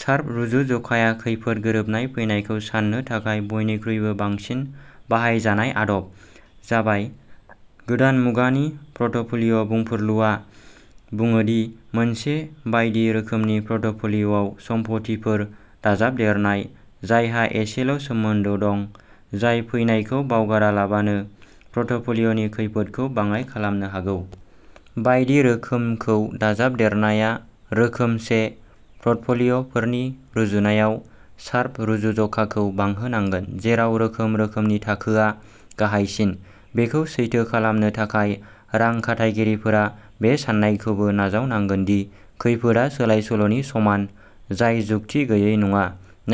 Sharp रुजुजखाया खैफोद गोरोबनाय फैनायखौ सान्नो थाखाय बयनिख्रुइबो बांसिन बाहायजानाय आदब जाबाय। गोदान मुगानि पर्टफ'लिय'बुंफुरलुआ बुङो दि मोनसे बायदि रोखोमनि पर्टफ'लिय'आव सम्फथिफोर दाजाबदेरनाय जायहा एसेल' सोमोन्दो दं जाय फैनायखौ बावगारालाबानो पर्टफ'लिय'नि खैफोदखौ बाङाइ खालामनो हागौ। बायदि रोखोमखौ दाजाबदेरनाया रोखोमसे पर्टफ'लिय'फोरनि रुजुनायाव शार्प रुजुज'खाखौ बांहोनांगोन जेराव रोखोम रोखोमनि थाखोआ गाहायसिन। बेखौ सैथो खालामनो थाखाय रां खाथायगिरिफोरा बे सान्नायखौबो नाजावनांगोन दि खैफोदआ सोलायसोल'नि समान जाय जुक्ति गैयै नङा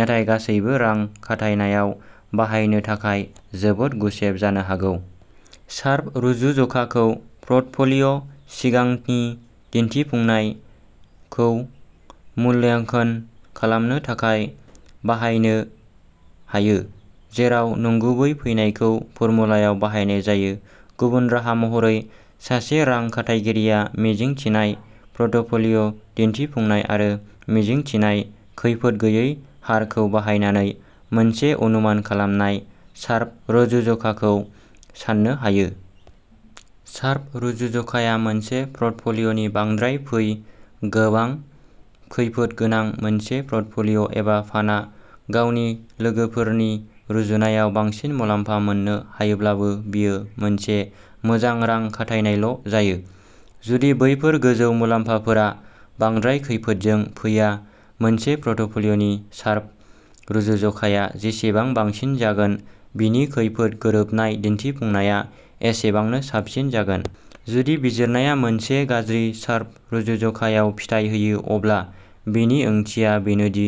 नाथाय गासैबो रां खाथायनायाव बाहायनो थाखाय जोबोद गुसेब जानो हागौ। शार्प रुजुज'खाखौ पर्टफ'लिय'नि सिगांनि दिन्थिफुंनाय खौ मूल्याङ्कन खालामनो थाखाय बाहायनो हायो जेराव नंगुबै फैनायखौ फर्मुलायाव बाहायनाय जायो। गुबुन राहा महरै सासे रां खाथायगिरिया मिजिंथिनाय पर्टफ'लिय'दिन्थिफुंनाय आरो मिजिंथिनाय खैफोद गैयै हारखौ बाहायनानै मोनसे अनुमान खालामनाय शार्प रुजुज'खाखौ साननो हायो। शार्प रुजुज'खाया मोनसे पर्टफ'लिय'नि बांद्राय फै गोबां खैफोद गोनां। मोनसे पर्टफ'लिय'एबा फान्डआ गावनि लोगोफोरनि रुजुनायाव बांसिन मुलाम्फा मोननो हायोब्लाबो बेयो मोनसे मोजां रां खाथायनायल'जायो जुदि बैफोर गोजौ मुलाम्फाफोरा बांद्राय खैफोदजों फैया। मोनसे पर्टफ'लिय'नि शार्प रुजुज'खाया जेसेबां बांसिन जागोन बिनि खैफोद गोरोबनाय दिन्थिफुंनाया एसेबांनो साबसिन जागोन। जुदि बिजिरनाया मोनसे गाज्रि शार्प रुजुज'खायाव फिथाय होयो अब्ला बेनि ओंथिया बेनोदि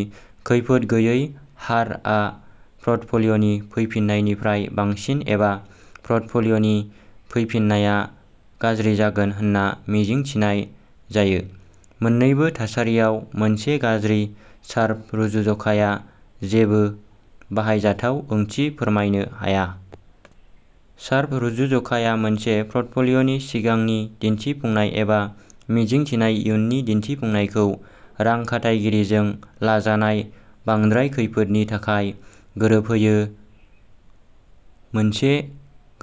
खैफोद गैयै हारआ पर्टफ'लिय'नि फैफिन्नायनिफ्राय बांसिन एबा पर्टफ'लिय'नि फैफिन्नायआ गाज्रि जागोन होनना मिजिंथिनाय जायो। मोननैबो थासारियाव मोनसे गाज्रि शार्प रुजुज'खाया जेबो बाहायजाथाव ओंथि फोरमायनो हाया। शार्प रुजुज'खाया मोनसे पर्टफ'लिय'नि सिगांनि दिन्थिफुंनाय एबा मिजिंथिनाय इयुननि दिन्थिफुंनायखौ रां खाथायगिरिजों लाजानाय बांद्राय खैफोदनि थाखाय गोरोबहोयो। मोनसे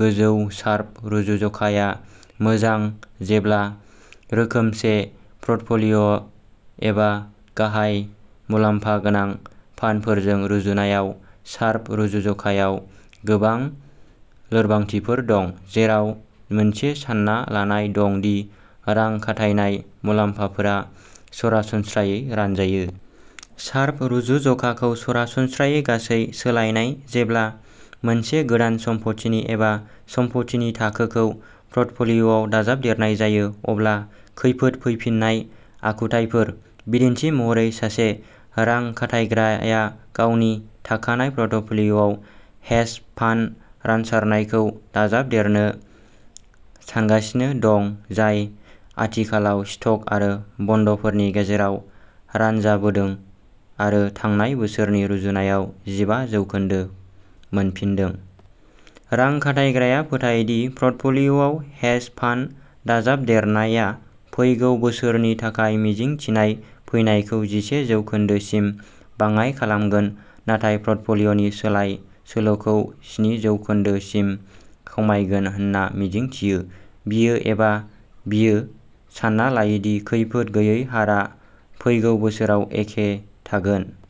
गोजौ शार्प रुजुज'खाया मोजां जेब्ला रोखोमसे पर्टफ'लिय'एबा गाहाय मुलाम्फा गोनां फान्डफोरजों रुजुनायाव। शार्प रुजुज'खायाव गोबां लोरबांथिफोर दं जेराव मोनसे सानना लानाय दं दि रां खाथायनाय मुलाम्फाफोरा सरासनस्रायै रानजायो। शार्प रुजुज'खाखौ सरासनस्रायै गासै सोलायनाय जेब्ला मोनसे गोदान सम्फथि एबा सम्फथि थाखोखौ पर्टफ'लिय'आव दाजाबदेरनाय जायो अब्ला खैफोद फैफिन्नाय आखुथायफोर। बिदिन्थि महरै सासे रां खाथायग्राया गावनि थाखानाय पर्टफ'लिय'आव हेज फान्ड रानसारनायखौ दाजाबदेरनो सानगासिनो दं जाय आथिखालाव स्टक आरो बन्डफोरनि गेजेराव रानजाबोदों आरो थांनाय बोसोरनि रुजुनायाव जिबा जौखोन्दो मोनफिन्दोंमोन। रां खाथायग्राया फोथायो दि पर्टफ'लिय'आव हेज फान्ड दाजाबदेरनाया फैगौ बोसोरनि थाखाय मिजिंथिनाय फैनायखौ जिसे जौखोन्दो सिम बाङाइ खालामगोन नाथाय पर्टफ'लिय'नि सोलाय सोल'खौ स्नि जौखोन्दो सिम खमायगोन होनना मिजिंथियो। बियो एबा बियो सान्ना लायो दि खैफोद गैयै हारआ फैगौ बोसोराव एखे थागोन।